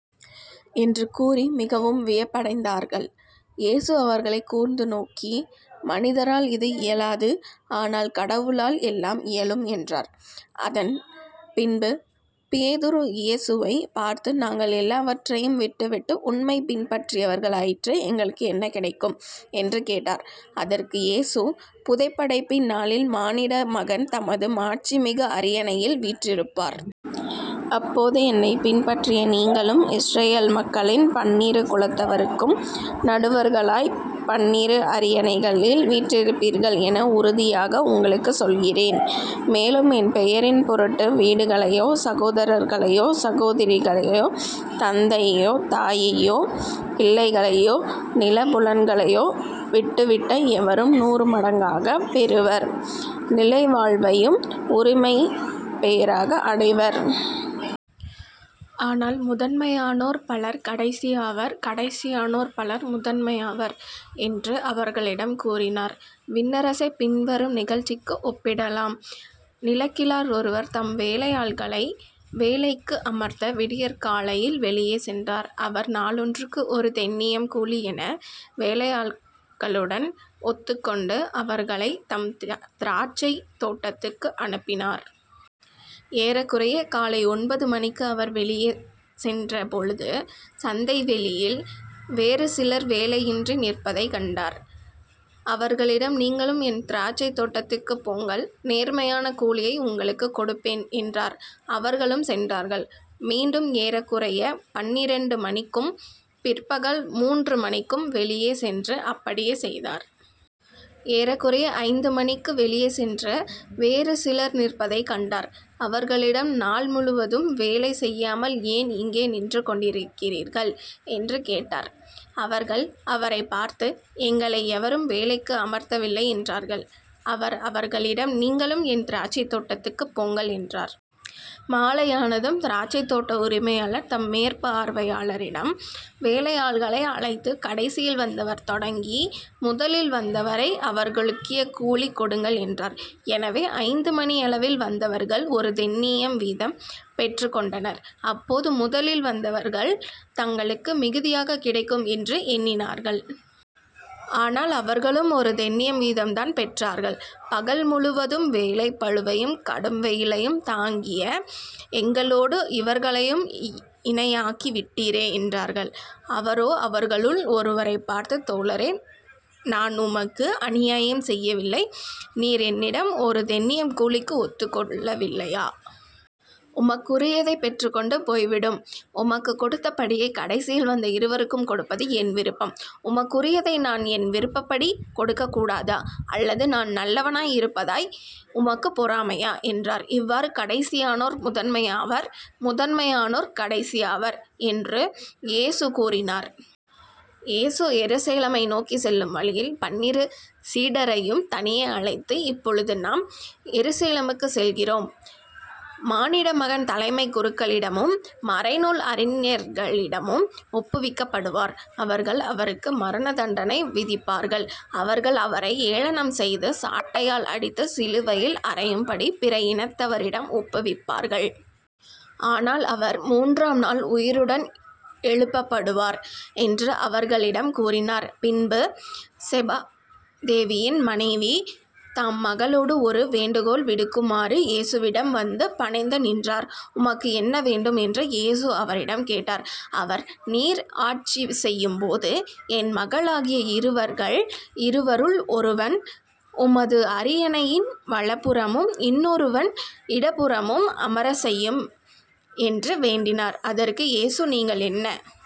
என்று கூறி மிகவும் வியப்படைந்தார்கள். இயேசு அவர்களைக் கூர்ந்து நோக்கி, மனிதரால் இது இயலாது. ஆனால் கடவுளால் எல்லாம் இயலும் என்றார். அதன் பின்பு பேதுரு இயேசுவைப் பார்த்து நாங்கள் எல்லாவற்றையும் விட்டு விட்டு உம்மைப் பின்பற்றியவர்களாயிற்றே எங்களுக்கு என்ன கிடைக்கும்? என்று கேட்டார். அதற்கு இயேசு புதப்படைப்பின் நாளில் மானிட மகன் தமது மாட்சிமிகு அரியணையில் வீற்றிருப்பார். அப்போது என்னைப் பின்பற்றிய நீங்களும் இஸரயேல் மக்களின் பன்னிரு குலத்தவர்க்கும் நடுவர்களாய்ப் பன்னிரு அரியணைகளில் வீற்றிருப்பீர்கள் என உறுதியாக உங்களுக்குச் சொல்கிறேன். மேலும் என் பெயரின் பொருட்டு வீடுகளையோ சகோதரர்களையோ சகோதரிகளையோ தந்தையையோ தாயையோ பிள்ளைகளையோ நிலபுலன்களையோ விட்டுவிட்ட எவரும் நூறு மடங்காகப் பெறுவர். நிலை வாழ்வையும் உரிமைப் பேறாக அடைவர். ஆனால் முதன்மையானோர் பலர் கடைசியாவர். கடைசியானோர் பலர் முதன்மையாவர் என்று அவர்களிடம் கூறினார். விண்ணரசைப் பின்வரும் நிகழ்ச்சிக்கு ஒப்பிடலாம். நிலக்கிழார் ஒருவர் தம் வேலையாள்களை வேலைக்கு அமர்த்த விடியற்காலையில் வெளியே சென்றார். அவர் நாளொன்றுக்கு ஒரு தெனியம் கூலி என வேலையாள்களுடன் ஒத்துக்கொண்டு அவர்களைத் தம் திராட்சைத் தோட்டத்துக்கு அனுப்பினார். ஏறக்குறைய காலை ஒன்பது மணிக்கு அவர் வெளியே சென்ற பொழுது சந்தை வெளியில் வேறுசிலர் வேலையின்றி நிற்பதைக் கண்டார். அவர்களிடம் நீங்களும் என் திராட்சைத் தோட்டத்துக்குப் போங்கள் நேர்மையான கூலியை உங்களுக்குக் கொடுப்பேன் என்றார். அவர்களும் சென்றார்கள். மீண்டும் ஏறக்குறைய பன்னிரண்டு மணிக்கும் பிற்பகல் முன்று மணிக்கும் வெளியே சென்று அப்படியே செய்தார். ஏறக்குறைய ஐந்து மணிக்கு வெளியே சென்ற வேறு சிலர் நிற்பதைக் கண்டார். அவர்களிடம் நாள் முழுவதும் வேலை செய்யாமல் ஏன் இங்கே நின்று கொண்டிருக்கிறீர்கள்? என்று கேட்டார். அவர்கள் அவரைப் பார்த்து எங்களை எவரும் வேலைக்கு அமர்த்தவில்லை என்றார்கள். அவர் அவர்களிடம் நீங்களும் என் திராட்சைத் தோட்டத்துக்குப் போங்கள் என்றார். மாலையானதும் திராட்சைத் தோட்ட உரிமையாளர் தம் மேற்பார்வையாளரிடம் வேலையாள்களை அழைத்துக் கடைசியில் வந்தவர் தொடங்கி முதலில் வந்தவரை அவர்களுக்கிய கூலி கொடுங்கள் என்றார். எனவே ஐந்து மணியளவில் வந்தவர்கள் ஒரு தெனியம் வீதம் பெற்றுக் கொண்டனர். அப்போது முதலில் வந்தவர்கள் தங்களுக்கு மிகுதியாகக் கிடைக்கும் என்று எண்ணினார்கள். ஆனால் அவர்களும் ஒரு தெனியம் வீதம் தான் பெற்றார்கள். பகல் முழுவதும் வேலைப் பளுவையும் கடும் வெயிலையும் தாங்கிய எங்களோடு இவர்களையும் இணையாக்கி விட்டீரே என்றார்கள். அவரோ அவர்களுள் ஒருவரைப் பார்த்து தோழரே நான் உமக்கு அநியாயம் செய்யவில்லை. நீர் என்னிடம் ஒரு தெனியம் கூலிக்கு ஒத்துக் கொள்ளவில்லையா? உமக்குரியதை பெற்றுக் கொண்டு போய்விடும். உமக்குக் கொடுத்தபடியே கடைசியில் வந்த இருவருக்கும் கொடுப்பது என் விருப்பம். உமக்குரியதை நான் என் விருப்பப்படி கொடுக்கக் கூடாதா? அல்லது நான் நல்லவனாய் இருப்பதாய் உமக்குப் பொறாமையா? என்றார். இவ்வாறு கடைசியானோர் முதன்மையாவர். முதன்மையானோர் கடைசியாவர் என்று இயேசு கூறினார். இயேசு எருசலேமை நோக்கிச் செல்லும் வழியில் பன்னிரு சீடரையும் தனியே அழைத்து இப்பொழுது நாம் எருசலேமுக்குச் செல்கிறோம். மானிட மகன் தலைமைக் குருக்களிடமும் மறைநூல் அறிஞர்களிடமும் ஒப்புவிக்கப்படுவார். அவர்கள் அவருக்கு மரண தண்டனை விதிப்பார்கள். அவர்கள் அவரை ஏளனம் செய்து சாட்டையால் அடித்து சிலுவையில் அறையும்படி பிற இனத்தவரிடம் ஒப்புவிப்பார்கள். ஆனால் அவர் முன்றாம் நாள் உயிருடன் எழுப்பப்படுவார் என்று அவர்களிடம் கூறினார். பின்பு செபதேவியின் மனைவி தம் மக்களோடு ஒரு வேண்டுகோள் விடுக்குமாறு இயேசுவிடம் வந்து பணிந்து நின்றார். உமக்கு என்ன வேண்டும்? என்று இயேசு அவரிடம் கேட்டார். அவர் நீர் ஆட்சி செய்யும்போது என் மகளாகிய இருவர்கள் இருவருள் ஒருவன் உமது அரியணையின் வலப்புறமும் இன்னொருவன் இடப்புறமும் அமரச் செய்யும் என்று வேண்டினார். அதற்கு இயேசு நீங்கள் என்ன